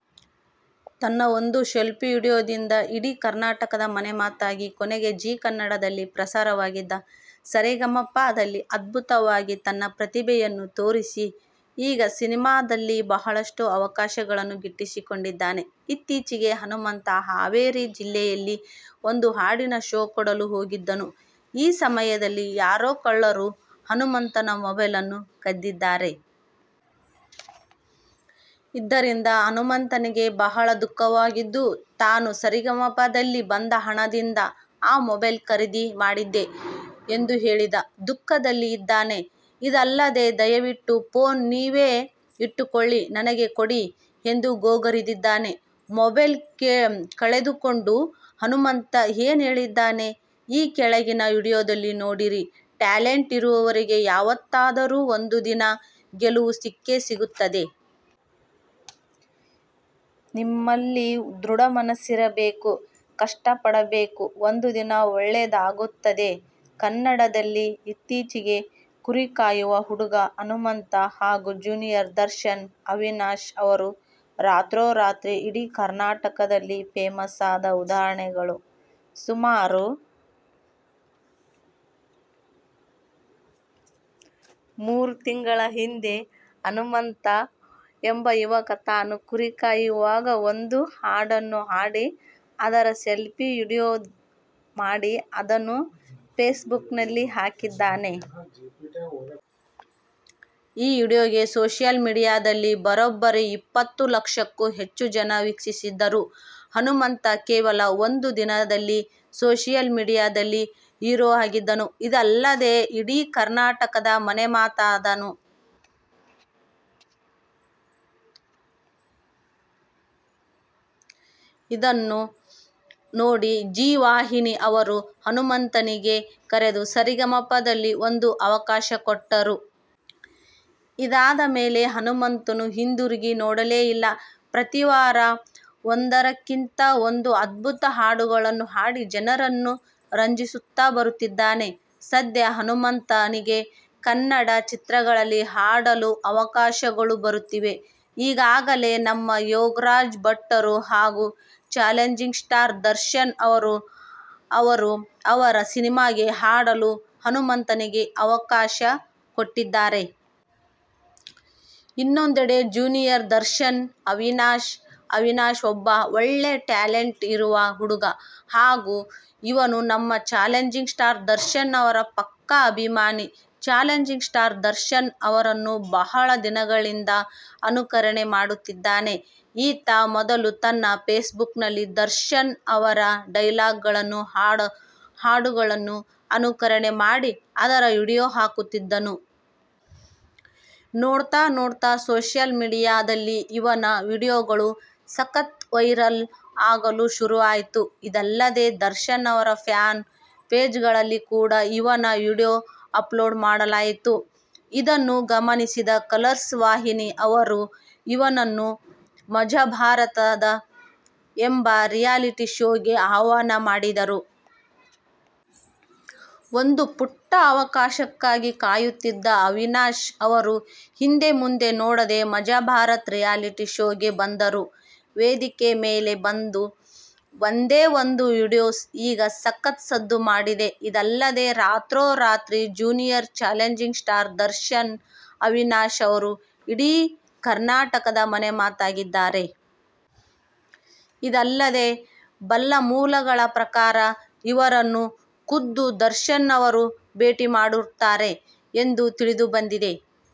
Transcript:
ತನ್ನ ಒಂದು selfie video ದಿಂದ ಇಡೀ ಕರ್ನಾಟಕದ ಮನೆ ಮಾತಾಗಿ ಕೊನೆಗೆ ಝೀ ಕನ್ನಡದಲ್ಲಿ ಪ್ರಸಾರವಾಗಿದ್ದ ಸ ರೇ ಗ ಮ ಪ ದಲ್ಲಿ ಅದ್ಭುತ ವಾಗಿ ತನ್ನ ಪ್ರತಿಭೆಯನ್ನು ತೋರಿಸಿ ಈಗ ಸಿನಿಮಾ ದಲ್ಲಿ ಬಹಳಷ್ಟು ಅವಕಾಶ ಗಳನ್ನೂ ಗಿಟ್ಟಿಸಿಕೊಂಡಿದ್ದಾನೆ. ಇತ್ತೀಚಿಗೆ ಹನುಮಂತ ಹಾವೇರಿ ಜಿಲ್ಲೆಯಲ್ಲಿ ಒಂದು ಹಾಡಿನ ಷೋ ಕೊಡಲು ಹೋಗಿದ್ದನು, ಈ ಸಮಯದಲ್ಲಿ ಯಾರೋ ಕಳ್ಳರು ಹನುಮಂತನ ಮೊಬೈಲ್ ಅನ್ನು ಕದ್ದಿದ್ದಾರೆ. ಇದ್ದರಿಂದ ಹನುಮಂತನಿಗೆ ಬಹಳ ದುಃಖವಾಗಿದ್ದು, ತಾನು ಸ ರೇ ಗ ಮ ಪ ದಲ್ಲಿ ಬಂದ ಹಣದಿಂದ ಆ ಮೊಬೈಲ್ ಖರೀದಿ ಮಾಡಿದ್ದೆ ಎಂದು ಹೇಳಿ ದುಃಖದಲ್ಲಿ ಇದ್ದಾನೆ. ಇದಲ್ಲದೆ ದಯವಿಟ್ಟು ಫೋನ್ ನೀವೇ ಇಟ್ಟುಕೊಳ್ಳಿ ನನಗೆ ಕೊಡಿ ಎಂದು ಗೋಗರಿದಿದ್ದಾನೆ. ಮೊಬೈಲ್ ಕಳೆದುಕೊಂಡು ಹನುಮಂತ ಏನ್ ಹೇಳಿದ್ದಾನೆ ಈ ಕೆಳಗಿನ ವಿಡಿಯೋದಲ್ಲಿ ನೋಡಿರಿ ಟ್ಯಾಲೆಂಟ್ ಇರುವವರಿಗೆ ಯಾವತ್ತಾದರೂ ಒಂದು ದಿನ ಗೆಲುವು ಸಿಕ್ಕೇ ಸಿಗುತ್ತದೆ. ನಿಮ್ಮಲ್ಲಿ ದೃಢ ಮನಸ್ಸಿರಬೇಕು, ಕಷ್ಟ ಪಡಬೇಕು. ಒಂದು ದಿನ ಒಳ್ಳೇದ್ ಆಗುತ್ತದೆ. ಕನ್ನಡದಲ್ಲಿ ಇತ್ತೀಚಿಗೆ ಕುರಿ ಕಾಯುವ ಹುಡುಗ ಹನುಮಂತ ಹಾಗು ಜೂನಿಯರ್ ದರ್ಶನ್ ಅವಿನಾಶ್ ಅವರು ರಾತ್ರೋ ರಾತ್ರಿ ಇಡೀ ಕರ್ನಾಟಕದಲ್ಲಿ ಫೇಮಸ್ ಆದ ಉದಾಹರಣೆಗಳು. ಸುಮಾರು ಮೂರು ತಿಂಗಳ ಹಿಂದೆ ಹನುಮಂತ ಎಂಬ ಯುವಕ ತಾನು ಕುರಿ ಕಾಯುವಾಗ ಒಂದು ಹಾಡನ್ನು ಹಾಡಿ ಅದರ ಸೆಲ್ಫಿ ವಿಡಿಯೋ ಮಾಡಿ ಅದನ್ನು ಫೇಸ್ಬುಕ್ ನಲಿ ಹಾಕಿದ್ದನು. ಈ ವಿಡಿಯೋಗೆ ಸೋಶಿಯಲ್ ಮೀಡಿಯಾದಲ್ಲಿ ಬರೋಬ್ಬರಿ ಇಪ್ಪತ್ತು ಲಕ್ಷಕ್ಕೂ ಹೆಚ್ಚು ಜನ ವೀಕ್ಷಿಸಿದ್ದರು. ಹನುಮಂತ ಕೇವಲ ಒಂದು ದಿನದಲ್ಲಿ ಸೋಶಿಯಲ್ ಮೀಡಿಯಾ ದಲ್ಲಿ ಹೀರೋ ಆಗಿದ್ದನು. ಇದಲ್ಲದೆ ಇಡೀ ಕರ್ನಾಟಕದ ಮನೆ ಮಾತಾದನು. ಇದನ್ನು ನೋಡಿ ಜಿ ವಾಹಿನಿ ಅವರು ಹನುಮಂತನಿಗೆ ಕರೆದು ಸ ರೇ ಗ ಮ ಪ ದಲ್ಲಿ ಒಂದು ಅವಕಾಶ ಕೊಟ್ಟರು. ಇದಾದ ಮೇಲೆ ಹನುಮಂತನು ಹಿಂದುರುಗಿ ನೋಡಲೇ ಇಲ್ಲ. ಪ್ರತೀ ವಾರ ಒಂದರಕ್ಕಿಂತ ಒಂದು ಅದ್ಭುತ ಹಾಡುಗಳನ್ನು ಹಾಡಿ ಜನರನ್ನು ರಂಜಿಸುತ್ತಾ ಬರುತ್ತಿದ್ದಾನೆ. ಸದ್ಯ ಹನುಮಂತ ನಿಗೆ ಕನ್ನಡ ಚಿತ್ರಗಳಲ್ಲಿ ಹಾಡಲು ಅವಕಾಶಗಳು ಬರುತ್ತಿವೆ. ಈಗಾಗಲೇ ನಮ್ಮ ಯೋಗರಾಜ್ ಭಟ್ಟರು ಹಾಗು ಚಾಲೆಂಜಿಂಗ್ ಸ್ಟಾರ್ ದರ್ಶನ್ ಅವರು ಅವರ ಸಿನೆಮಾಗೆ ಹಾಡಲು ಹನುಮಂತನಿಗೆ ಅವಕಾಶ ಕೊಟ್ಟಿದ್ದಾರೆ. ಇನ್ನೊಂದೆಡೆ ಜೂನಿಯರ್ ದರ್ಶನ್ ಅವಿನಾಶ್! ಅವಿನಾಶ್ ಒಬ್ಬ ಒಳ್ಳೆ ಟ್ಯಾಲೆಂಟ್ ಇರುವ ಹುಡುಗ ಹಾಗು ಇವನು ನಮ್ಮ ಚಾಲೆಂಜಿಂಗ್ ಸ್ಟಾರ್ ದರ್ಶನ್ ಅವರ ಪಕ್ಕಾ ಅಭಿಮಾನಿ. ಚಾಲೆಂಜಿಂಗ್ ಸ್ಟಾರ್ ದರ್ಶನ್ ಅವರನ್ನು ಬಹಳ ದಿನಗಳಿಂದ ಅನುಕರಣೆ ಮಾಡುತ್ತಿದ್ದಾನೆ. ಈತ ಮೊದಲು ತನ್ನ ಫೇಸ್ಬುಕ್ ನಲ್ಲಿ, ದರ್ಶನ್ ಅವರ ಡೈಲಾಗ್ ಗಳನ್ನೂ, ಹಾಡುಗಳನ್ನು ಅನುಕರಣೆ ಮಾಡಿ ಅದರ ವಿಡಿಯೋ ಹಾಕುತ್ತಿದ್ದನು. ನೋಡ್ತಾ ನೋಡ್ತಾ ಸೋಶಿಯಲ್ ಮೀಡಿಯಾ ದಲ್ಲಿ ಇವನ ವಿಡಿಯೋ ಗಳು ಸಕತ್ ವೈರಲ್ ಆಗಲು ಶುರು ಆಯಿತು. ಇದಲ್ಲದೆ ದರ್ಶನ್ ಅವರ ಫ್ಯಾನ್ ಪೇಜ್ಗಳಲ್ಲಿ ಕೂಡ ಇವನ ವಿಡಿಯೋ ಅಪ್ಲೋಡ್ ಮಾಡಲಾಯಿತು. ಇದನ್ನು ಗಮನಿಸಿದ ಕಲರ್ಸ್ ವಾಹಿನಿ ಅವರು ಇವನನ್ನು ಮಜಭಾರತ ಎಂಬ ರಿಯಾಲಿಟಿ ಶೋಗೆ ಆಹ್ವಾನ ಮಾಡಿದರು. ಒಂದು ಪುಟ್ಟ ಅವಕಾಶಕ್ಕಾಗಿ ಕಾಯುತ್ತಿದ್ದ ಅವಿನಾಶ್ ಅವರು ಹಿಂದೆ ಮುಂದೆ ನೋಡದೆ ಮಜಭಾರತ ರಿಯಾಲಿಟಿ ಶೋಗೆ ಬಂದರು. ವೇದಿಕೆ ಮೇಲೆ ಬಂದ ಒಂದೇ ಒಂದು ವಿಡಿಯೋ ಈಗ ಸಕತ್ ಸದ್ದು ಮಾಡಿದೆ. ಇದಲ್ಲದೆ ರಾತ್ರೋ ರಾತ್ರಿ junior challenging star Darshan Avinash ಅವರು ಇಡೀ ಕರ್ನಾಟಕದ ಮನೆ ಮಾತಾಗಿದ್ದಾರೆ. ಇದಲ್ಲದೆ ಬಲ್ಲ ಮೂಲಗಳ ಪ್ರಕಾರ ಇವರನ್ನು ಕುದ್ದು ದರ್ಶನ್ ಅವರು ಭೇಟಿ ಮಾಡುತ್ತಾರೆ ಎಂದು ತಿಳಿದು ಬಂದಿದೆ.